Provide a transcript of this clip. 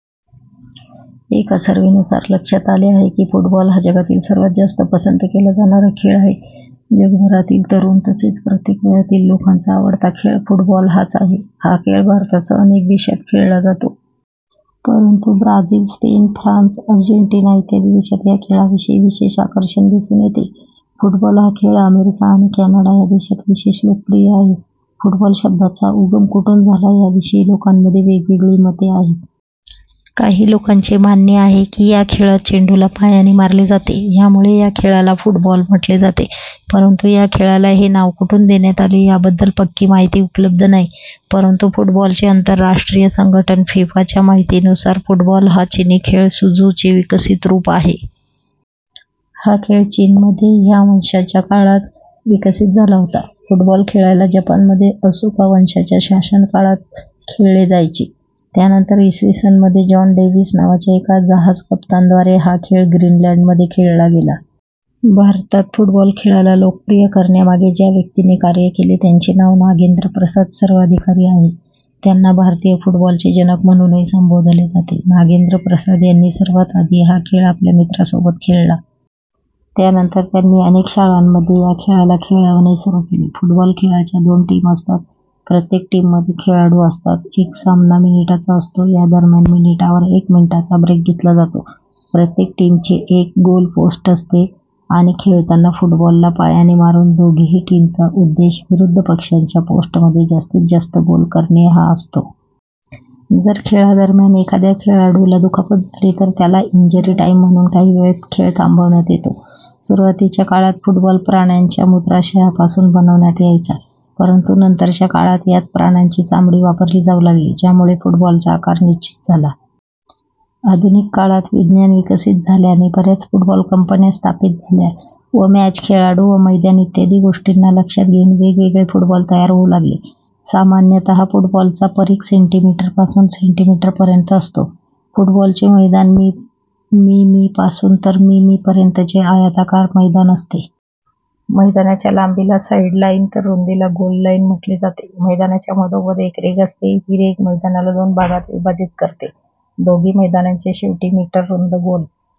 एका सर्व्हेनुसार लक्षात आले आहे की फुटबॉल हा जगातील सर्वात जास्त पसंत केला जाणारा खेळ आहे. जगभरातील तरुण तसेच प्रत्येक वयातील लोकांचा आवडता खेळ फुटबॉल हाच आहे. हा खेळ भारतासह अनेक देशात खेळला जातो. परंतु ब्राझील, स्पेन, फ्रान्स, अर्जेंटिना इत्यादी देशात या खेळाविषयी विशेष आकर्षण दिसून येते. फुटबॉल हा खेळ अमेरिका आणि कॅनडा या देशात विशेष लोकप्रिय आहे. फुटबॉल शब्दाचा उगम कुठून झाला या विषयी लोकांमध्ये वेगवेगळी मते आहेत. काही लोकांचे मानणे आहे की या खेळात चेंडूला पायाने मारले जाते यामुळे या खेळाला फुटबॉल म्हटले जाते. परंतु या खेळाला हे नाव कुठून देण्यात आले याबद्दल पक्की माहिती उपलब्ध नाही. परंतु फुटबॉलचे आंतरराष्ट्रीय संघटन फिफा च्या माहितीनुसार फुटबॉल हा चिनी खेळ सुजू चे विकसित रूप आहे. हा खेळ चीनमध्ये 'ह्यां' वंशाच्या काळात विकसित झाला होता. फुटबॉल खेळायला जपानमध्ये असुका वंशाच्या शासन काळात खेळले जायचे. त्यानंतर इसवीसन मध्ये जॉन डेविस नावाच्या एका जहाज कप्तान द्वारे हा खेळ ग्रीनलँड मध्ये खेळला गेला. भारतात फुटबॉल खेळाला लोकप्रिय करण्यामागे ज्या व्यक्तीने कार्य केले त्यांचे नाव 'नागेन्द्र प्रसाद सर्वाधिकारी' आहे. त्यांना 'भारतीय फुटबॉल चे जनक' म्हणूनही संबोधले जाते. नागेंद्र प्रसाद यांनी सर्वात आधी हा खेळ आपल्या मित्रांसोबत खेळला. त्यानंतर त्यांनी अनेक शाळांमध्ये या खेळाला खेळवणे सुरू केले. फुटबॉल खेळाच्या दोन टीम असतात प्रत्येक टीम मध्ये खेळाडू असतात. एक सामना मिनिटांचा असतो. यादरम्यान मिनिटांवर एक मिनिटांचा ब्रेक घेतला जातो. प्रत्येक टीम चे एक गोल पोस्ट असते आणि खेळताना फुटबॉल ला पायाने मारून दोघीही टीम चा उद्देश विरुद्ध पक्षाच्या पोस्टमध्ये जास्तीत जास्त गोल करणे हा असतो. जर खेळादरम्यान एखाद्या खेळाडूला दुखापत झाली तर त्याला 'इंजरी टाईम' म्हणून काही वेळ खेळ थांबवण्यात येतो. सुरुवातीच्या काळात फुटबॉल प्राण्यांच्या मूत्राशया पासून बनवण्यात यायचा. परंतु नंतरच्या काळात यात प्राण्यांची चामडी वापरली जाऊ लागली, ज्यामुळे फुटबॉलच्या आकार निश्चित झाला. आधुनिक काळात विज्ञान विकसित झाल्याने बऱ्याच फुटबॉल कंपन्या स्थापित झाल्या व मॅच, खेळाडू व मैदान इत्यादी गोष्टींना लक्षात घेऊन वेगवेगळे फुटबॉल तयार होऊ लागले. सामान्यता फुटबॉलचा परीघ सेंटीमीटर पासून सेंटीमीटर पर्यंत असतो. फुटबॉल चे मैदान मी, मी पासून तर मी, मी पर्यंत चे आयताकार मैदान असते. मैदानाच्या लांबीला 'साइड लाइन' तर रुंदीला 'गोल लाईन' म्हटले जाते. मैदानाच्या मधोमध एक रेघ असते ही रेघ मैदानाला दोन भागात विभाजित करते. दोघी मैदानांच्या शेवटी मीटर रुंद गोल